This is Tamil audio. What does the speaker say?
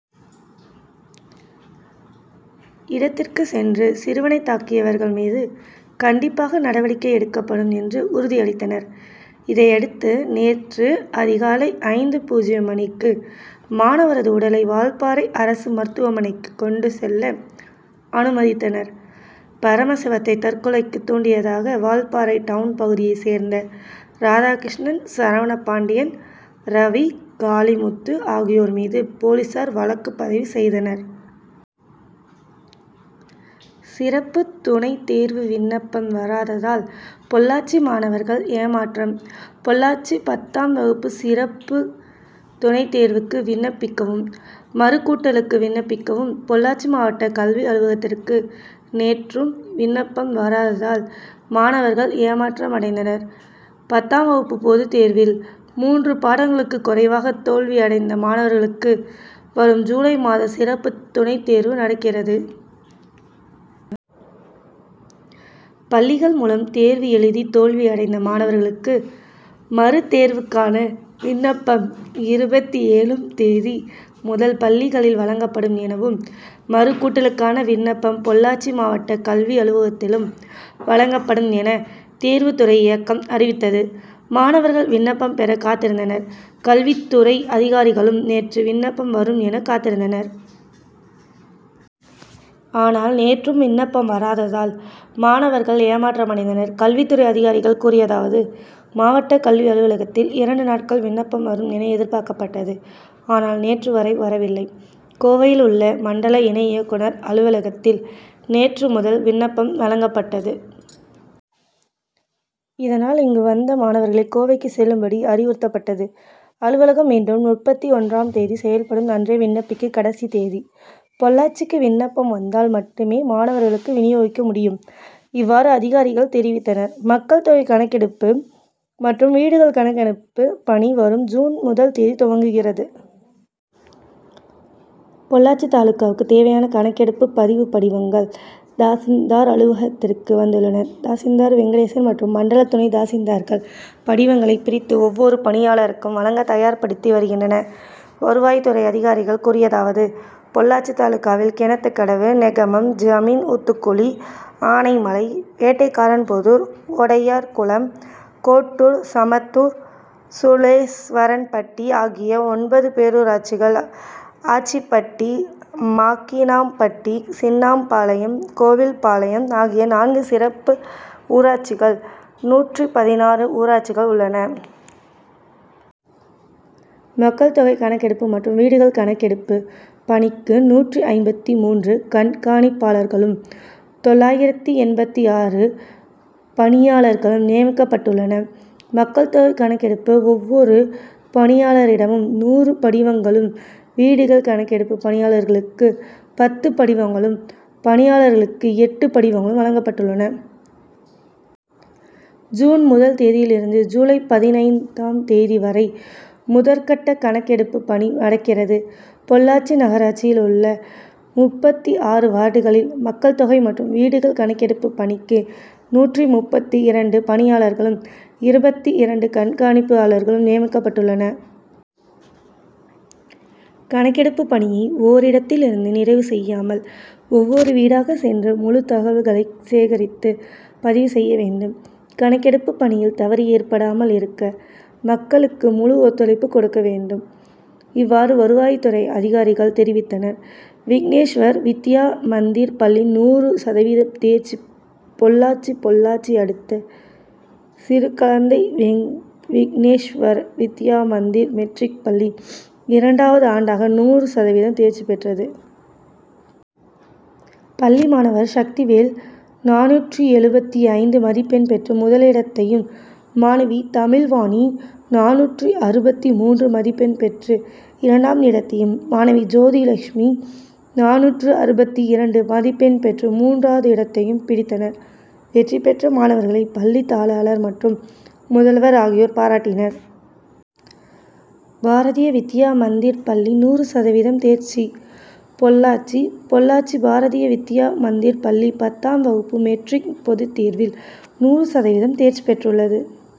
இடத்திற்கு சென்று, சிறுவனை தாக்கியவர்கள் மீது கண்டிப்பாக நடவடிக்கை எடுக்கப்படும் என்று உறுதியளித்தனர். இதையடுத்து நேற்று அதிகாலை ஐந்து.பூஜ்யம் மணிக்கு மாணவரது உடலை வால்பாறை அரசு மருத்துவமனைக்கு கொண்டு செல்ல அனுமதித்தனர். பரமசிவத்தை தற்கொலைக்கு தூண்டியதாக வால்பாறை டவுன் பகுதியை சேர்ந்த, ராதாகிருஷ்ணன், சரவணபாண்டியன், ரவி, காளிமுத்து ஆகியோர் மீது போலீசார் வழக்குப்பதிவு செய்தனர். சிறப்பு துணைத்தேர்வு விண்ணப்பம் வராததால் பொள்ளாச்சி மாணவர்கள் ஏமாற்றம் பொள்ளாச்சி பத்தாம் வகுப்பு சிறப்பு துணைத் தேர்வுக்கு விண்ணப்பிக்கவும், மறுக் கூட்டலுக்கு விண்ணப்பிக்கவும் பொள்ளாச்சி மாவட்ட கல்வி அலுவலகத்திற்கு நேற்றும் விண்ணப்பம் வராததால், மாணவர்கள் ஏமாற்ற மடைந்தனர். பத்தாம் வகுப்பு பொதுத்தேர்வில், மூன்று பாடங்களுக்கு குறைவாக தோல்வி அடைந்த மாணவர்களுக்கு வரும் ஜூலை மாதம் சிறப்பு துணைத்தேர்வு நடக்கிறது. பள்ளிகள் மூலம் தேர்வு எழுதி தோல்வி அடைந்த மாணவர்களுக்கு, மறுத்தேர்வுக்கான விண்ணப்பம் இருபத்தேழு ம் தேதி முதல் பள்ளிகளில் வழங்கப்படும் எனவும், மறுக்கூட்டலுக்கான விண்ணப்பம் பொள்ளாச்சி மாவட்ட கல்வி அலுவலகத்திலும் வழங்கப்படும் என, தேர்வுத்துறை இயக்ககம் அறிவித்தது. மாணவர்கள் விண்ணப்பம் பெற காத்திருந்தனர். கல்வித்துறை அதிகாரிகளும், நேற்று விண்ணப்பம் வரும் என காத் திருந்தனர். ஆனால், நேற்றும் விண்ணப்பம் வராததால், மாண வர்கள் ஏமாற்றமடைந்தனர். கல்வித் துறை அதிகாரிகள் கூறியதாவது மாவட்ட கல்வி அலுவலகத்தில், இரண்டு நாட்களாக விண்ணப்பம் வரும் என எதிர்பார்க்கப்பட்டது. ஆனால், நேற்று வரை வரவில்லை. கோவையிலுள்ள மண்டல இணை இயக் குனர் அலுவல கத்தில், நேற்று முதல் விண்ணப்பம் வழங்கப்பட்டது. இதனால், இங்கு வந்த மாணவர்களை கோவைக்கு செல்லும்படி அறிவுறுத்தப்பட்டது. அலுவலகம் மீண்டும் முப்பத்து ஒன்றாம் தேதி செயல்படும், அன்றே விண்ணப்பிக்க கடைசி தேதி. பொள்ளாச்சிக்கு விண் ணப்பம் வந்தால் மட்டுமே மாணவர்களுக்கு வினியோகிக்க முடியும். இவ்வாறு அதிகாரிகள் தெரிவித்தனர். மக்கள் தொகை கணக்கெடுப்பு மற்றும் வீடுகள் கணக்கெடுப்பு பணி வரும் ஜூன் முதல் தேதி துவங்குகிறது. பொள்ளாச்சி தாலுகாவுக்கு தேவையான கணக் கெடுப்பு பதிவு படிவங்கள் தாசில் தார் அலுவலகத்திற்கு வந்துள்ளன. தாசில்தார் வெங்கடேசன் மற்றும் மண்டல துணை தாசில்தார்கள் படிவங்களை பிரித்து ஒவ்வொரு பணியாளருக்கும் வழங்க தயார் படுத்தி வருகின்றனர். வருவாய்த்துறை அதிகாரிகள் கூறியதாவது பொள்ளாச்சி தாலுகாவில் கிணத்துக்கடவு, நெகமம், ஜமீன் ஊத்துக்குளி, ஆனைமலை, வேட்டைக்காரன்புதூர், ஒடைய குளம், கோட்டூர், சமத்தூர், சூளேஸ்வரன்பட்டி ஆகிய ஒன்பது பேரூராட்சிகள், ஆச்சிபட்டி, மாக்கினாம்பட்டி, சின்னாம் பாளையம், கோவில்பாளையம் ஆகிய நான்கு சிறப்பு ஊராட்சிகள், நூற்று பதினாறு ஊராட்சிகள் உள்ளன. மக்கள் தொகை கணக்கெடுப்பு மற்றும் வீடுகள் கணக்கெடுப்பு பணிக்கு நூற்று ஐம்பத்து மூன்று கண்காணிப்பாளர்களும், தொள்ளாயிரத்து எண்பத்து ஆறு பணியாளர்களும் நியமிக்கப்பட்டுள்ளனர். மக்கள் தொகை கணக்கெடுப்பு ஒவ்வொரு பணியாளரிடமும் நூறு படிவங்களும், வீடுகள் கணக் கெடுப்பு கண்காணிப்பாளர்களுக்கு பத்து படிவங்களும், பணி யாளர்களுக்கு எட்டு படிவங்களும் வழங்கப்படுகின்றன. ஜூன் முதல் தேதியில் இருந்து ஜூலை பதினைந்து ம் தேதி வரை முதற்கட்ட கணக்கெடுப்பு பணி நடக்கிறது. பொள்ளாச்சி நகராட்சியில் உள்ள முப்பத்து ஆறு வார்டுகளில் மக்கள் தொகை மற்றும் வீடுகள் கணக்கெடுப்பு பணிக்கு நூற்று முப்பத்து இரண்டு பணியாளர்களும், இருபத்து இரண்டு கண்காணிப் பாளர்களும் நியமிக்கப்பட்டுள்ளனர். கணக்கெடுப்பு பணியை ஓரிடத்தில் இருந்து நிறைவு செய்யாமல், ஒவ்வொரு வீடாக சென்று முழு தகவல்களை சேகரித்து பதிவு செய்ய வேண்டும். கணக்கெடுப்பு பணியில் தவறு ஏற்படாமல் இருக்க மக்களுக்கு முழு ஒத்துழைப்பு கொடுக்க வேண்டும். இவ்வாறு வருவாய்த்துறை அதிகாரிகள் தெரிவித்தனர். விக்னேஸ்வர் வித்யா மந்திர் பள்ளி நூறு சதவீதம் தேர்ச்சி பொள்ளாச்சி பொள்ளாச்சி அடுத்த சிறுக்களந்தை விக்னேஷ் வர் வித்யா மந்திர் மெட்ரிக் பள்ளி இரண்டாவது ஆண்டாக நூறு சதவீதம் தேர்ச்சி பெற்றது. பள்ளி மாணவர் சக்திவேல் நானூற்று எழுபத்து ஐந்து மதிப்பெண் பெற்று முதலிடத்தையும், மாணவி தமிழ்வாணி நானூற்று அறுபத்து மூன்று மதிப்பெண் பெற்று இரண்டாம் இடத்தையும், மாணவி ஜோதிலட்சுமி நானூற்று அறுபத்து இரண்டு மதிப்பெண் பெற்று மூன்றாமிடத்தையும் பிடித்தனர். வெற்றி பெற்ற மாணவர்களை பள்ளி தாளாளர் மற்றும் முதல்வர் ஆகியோர் பாராட்டினர். பாரதிய வித்யா மந்திர் பள்ளி நூறு சதவீதம் தேர்ச்சி பொள்ளாச்சி பொள்ளாச்சி பாரதிய வித்யா மந்திர் பள்ளி பத்தாம் வகுப்பு மெட்ரிக் பொதுத்தேர்வில், நூறு சதவீதம் தேர்ச்சி பெற்றுள்ளது.